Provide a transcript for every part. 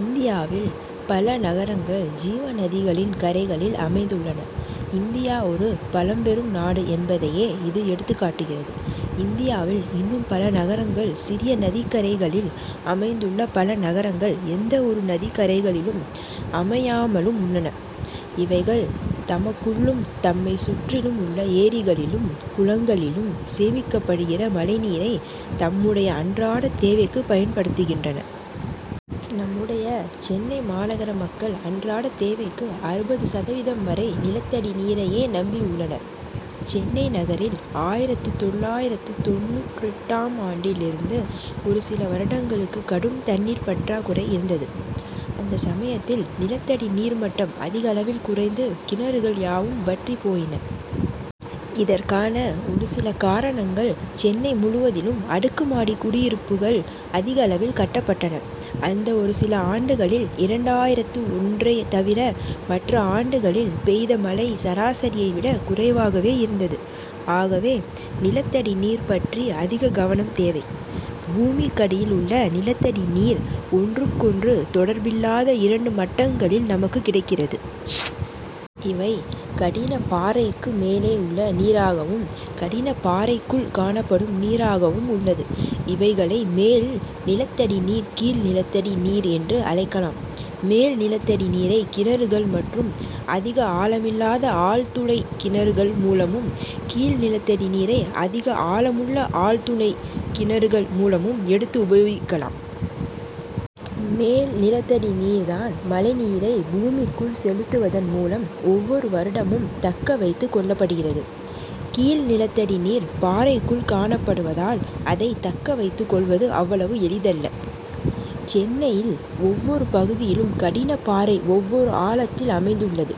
இந்தியாவில் பல நகரங்கள், ஜீவநதிகளின் கரைகளில் அமைந்துள்ளன. இந்தியா ஒரு பழம்பெரும் நாடு என்பதையே, இது எடுத்துக்காட்டுகிறது. இந்தியாவில் இன்னும் பல நகரங்கள், சிறிய நதிக்கரைகளில் அமைந்துள்ளன பல நகரங்கள், எந்த ஒரு நதிக்கரைகளிலும் அமையாமலும் உள்ளன. இவைகள் தமக்குள்ளும், தம்மை சுற்றிலும் உள்ள ஏரிகளிலும், குளங்களிலும் சேமிக்கப்படுகிற மழைநீரை, தம்முடைய அன்றாட தேவைக்கு பயன்படுத்துகின்றன. நம்முடைய சென்னை மாநகர மக்கள் அன்றாட தேவைக்கு அறுபது சதவீதம் வரை, நிலத்தடி நீரையே நம்பி உள்ளனர். சென்னை நகரில், ஆயிரத்து தொள்ளாயிரத்து தொண்ணூற்றெட்டாம் ஆண்டிலிருந்து ஒரு சில வருடங்களுக்கு கடும் தண்ணீர் பற்றாக்குறை இருந்தது. அந்த சமயத்தில் நிலத்தடி நீர்மட்டம் அதிகளவில் குறைந்து, கிணறுகள் யாவும் வற்றிப் போயின. இதற்கான ஒரு சில காரணங்கள் சென்னை முழுவதிலும் அடுக்கு மாடி குடியிருப்புகள் அதிகளவில் கட்டப்பட்டன. அந்த ஒரு சில ஆண்டுகளில், இரண்டாயிரத்து ஒன்றை தவிர, மற்ற ஆண்டுகளில் பெய்த மழை, சராசரியை விட குறைவாகவே இருந்தது. ஆகவே நிலத்தடி நீர் பற்றி அதிக கவனம் தேவை. பூமிக்கடியில் உள்ள நிலத்தடி நீர் ஒன்றுக்கொன்று தொடர்பில்லாத இரண்டு மட்டங்களில் நமக்கு கிடைக்கிறது. இவை கடின பாறைக்கு மேலே உள்ள நீராகவும், கடின பாறைக்குள் காணப்படும் நீராகவும் உள்ளது. இவைகளை மேல் நிலத்தடி நீர், கீழ் நிலத்தடி நீர் என்றும் அழைக்கலாம். மேல் நிலத்தடி நீரை கிணறுகள் மற்றும் அதிக ஆழமில்லாத ஆழ்துளை கிணறுகள் மூலமும், கீழ் நிலத்தடி நீரை அதிக ஆழமுள்ள ஆழ்துளை கிணறுகள் மூலமும் எடுத்து உபயோகிக்கலாம். மேல் நிலத்தடி நீர் தான், மழைநீரை பூமிக்குள் செலுத்துவதன் மூலம் ஒவ்வொரு வருடமும், தக்கவைத்துக் கொள்ளப்படுகிறது. கீழ் நிலத்தடி நீர் பாறைக்குள் காணப்படுவதால், அதை தக்க வைத்துக் கொள்வது அவ்வளவு எளிதல்ல. சென்னையில் ஒவ்வொரு பகுதியிலும் கடின பாறை, ஒவ்வொரு ஆழத்தில் அமைந்துள்ளது.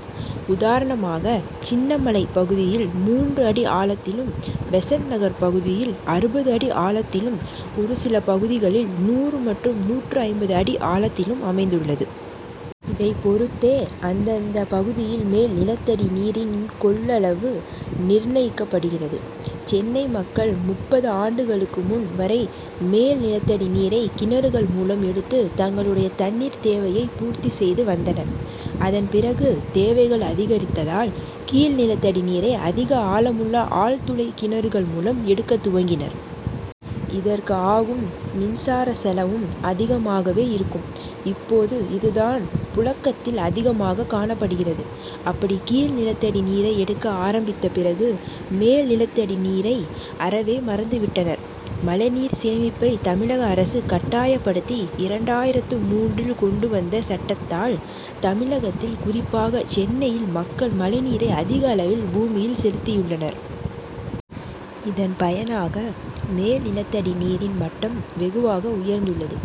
உதாரணமாக, சின்னமலை பகுதியில் மூன்று அடி ஆழத்திலும், பெசன்ட் நகர் பகுதியில் அறுபது அடி ஆழத்திலும், ஒரு சில பகுதிகளில் நூறு மற்றும் நூற்று ஐம்பது அடி ஆழத்திலும் அமைந்துள்ளது. இதை பொருத்தே அந்தந்த பகுதியில் மேல் நிலத்தடி நீரின் கொள்ளளவு நிர்ணயிக்கப்படுகிறது. சென்னை மக்கள், முப்பது ஆண்டுகளுக்கு முன் வரை, மேல் நிலத்தடி நீரை கிணறுகள் மூலம் எடுத்து, தங்களுடைய தண்ணீர் தேவையை பூர்த்தி செய்து வந்தனர். அதன் பிறகு தேவைகள் அதிகரித்ததால், கீழ் நிலத்தடி நீரை அதிக ஆழமுள்ள ஆழ்துளை கிணறுகள் மூலம் எடுக்கத் துவங்கினர். இதற்கு ஆகும் மின்சார செலவும் அதிகமாகவே இருக்கும். இப்போது இது தான் புழக்கத்தில் அதிகமாக காணப்படுகிறது. அப்படி கீழ் நிலத்தடி நீரை எடுக்க ஆரம்பித்த பிறகு, மேல் நிலத்தடி நீரை அறவே மறந்து விட்டனர். மழைநீர் சேமிப்பை தமிழக அரசு கட்டாயப்படுத்தி, இரண்டாயிரத்து மூன்றில் கொண்டு வந்த சட்டத்தால், தமிழகத்தில் குறிப்பாக சென்னையில் மக்கள், மழைநீரை அதிக அளவில் பூமியில் செலுத்தியுள்ளனர். இதன் பயனாக, மேல் நிலத்தடி நீரின் மட்டம் வெகுவாக உயர்ந்துள்ளது.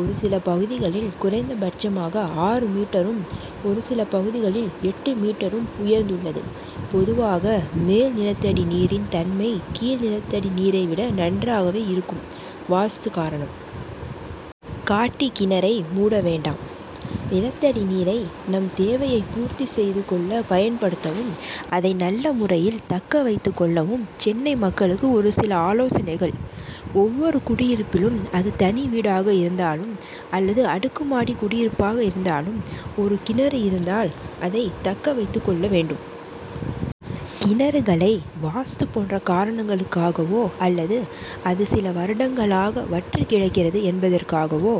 ஒரு சில பகுதிகளில் குறைந்தபட்சமாக ஆறு மீட்டரும், ஒரு சில பகுதிகளில் எட்டு மீட்டரும் உயர்ந்துள்ளது. பொதுவாக, மேல் நிலத்தடி நீரின் தன்மை, கீழ் நிலத்தடி நீரை விட நன்றாகவே இருக்கும். வாஸ்து காரணம் காட்டி கிணறை மூட வேண்டாம் நிலத்தடி நீரை, நம் தேவையை பூர்த்தி செய்து கொள்ள பயன்படுத்தவும், அதை நல்ல முறையில் தக்க வைத்துக் கொள்ளவும், சென்னை மக்களுக்கு ஒரு சில ஆலோசனைகள் ஒவ்வொரு குடியிருப்பிலும், அது தனி வீடாக இருந்தாலும் அல்லது அடுக்குமாடி குடியிருப்பாக இருந்தாலும், ஒரு கிணறு இருந்தால், அதை தக்க வைத்துக் கொள்ள வேண்டும். கிணறுகளை வாஸ்து போன்ற காரணங்களுக்காகவோ அல்லது அது சில வருடங்களாக வற்றிக் கிடக்கிறது என்பதற்காகவோ,